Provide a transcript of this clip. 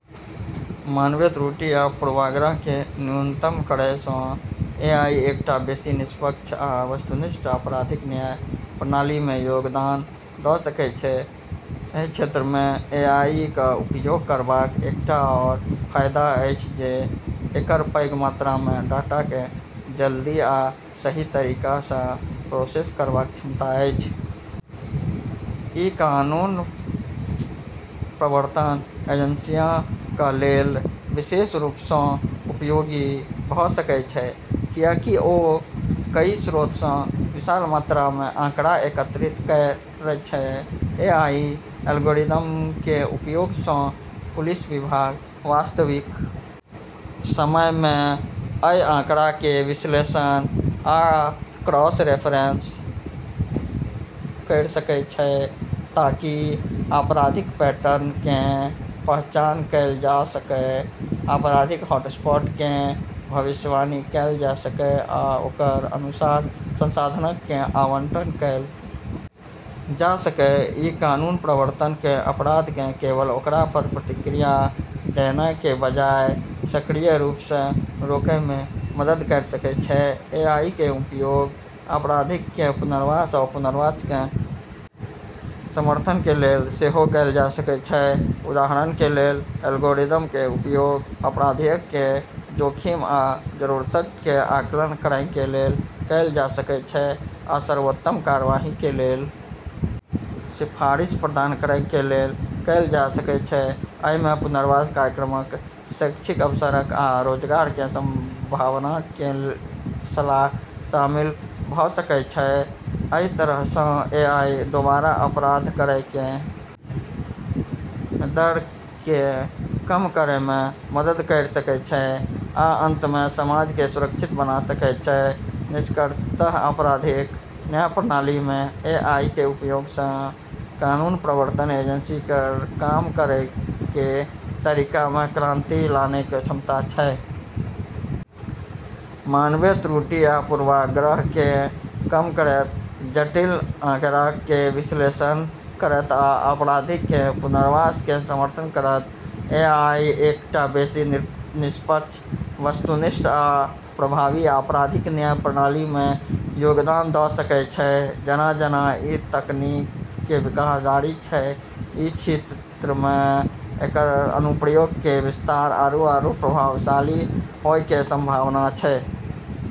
मानवीय त्रुटि आ पूर्वाग्रह कें न्यूनतम करय सं एआई एकटा बेसि निष्पक्ष आ वस्तुनिष्ठ आपराधिक न्याय प्रणाली मे योगदान द सकय छै, एहि क्षेत्र मे एआई क उपयोग करबाक एकटा आओर फायदा अछि जे एकर पैघ मात्रा मे डाटा कए जल्दी आ सही तरीका स प्रोसेस करबाक क्षमता अछि। इ कानून प्रवर्तन एजेंसियॉ कें लेल विशेष रूप सं उपयोगी भ सकय छै, कियाकि ओ कई स्रोत सं विशाल मात्रा मे आंकड़ा एकत्रित करय छै. एआई एल्गोरिदम कें उपयोग सं पुलिस विभाग वास्तविक समय मे अइ आंकड़ा कें विश्लेषण आ क्रॉस-रेफरेंस कयर सकय छै ताकि आपराधिक पैटर्न कें पहचान कैल जा सकय, अपराध हॉटस्पॉट कें भविष्यवाणी कैल जा सकय आ ओकर अनुसार संसाधनक कें आवंटन कैल जा सकय, इ कानून प्रवर्तन कें अपराध कें केवल ओकरा पर प्रतिक्रिया देनाय कें बजाय सक्रिय रूप सं रोकय मे मदद कयर सकय छै, एआई कें उपयोग अपराधियक कें पुनर्वास आ पुनर्वास कें समर्थन कें लेल सेहो कैल जा सकय छै, उदाहरण कें लेल, एल्गोरिदम कें उपयोग अपराधियक कें जोखिम आ जरूरतक कें आकलन करय कें लेल कैल जा सकय छै आ सर्वोत्तम कार्यवाही कें लेल सिफारिश प्रदान करय कें लेल कैल जा सकय छै, अइ मे पुनर्वास कार्यक्रमक, शैक्षिक अवसरक आ रोजगार कें संभावनाक कें सलाह शामिल भ सकएय छै, अइ तरह सं एआई दोबारा अपराध करय कें दर कें कम करय मे मदद कयर सकय छै, आ अंत मे समाज कें सुरक्षित बना सकय छै, निष्कर्षतः आपराधिक न्याय प्रणाली मे एआई के उपयोग स॑ कानून प्रवर्तन एजेंसी केरऽ काम करै के तरीका मे क्रांति लानै के क्षमता छै। मानवीय त्रुटि आ पूर्वाग्रह कें कम करयत, जटिल आंकड़ाक कें विश्लेषण करयत आ अपराधियक कें पुनर्वास कें समर्थन करयत, एआई एकटा बेसि निष्पक्ष, वस्तुनिष्ठ आ प्रभावी आपराधिक न्याय प्रणाली मे योगदान द सकय छै जेना-जेना ई तकनीकऽ के विकास जारी छै, ई क्षेत्र मे एकरऽ अनुप्रयोग के विस्तार आरू आरू प्रभावशाली होय के संभावना छै।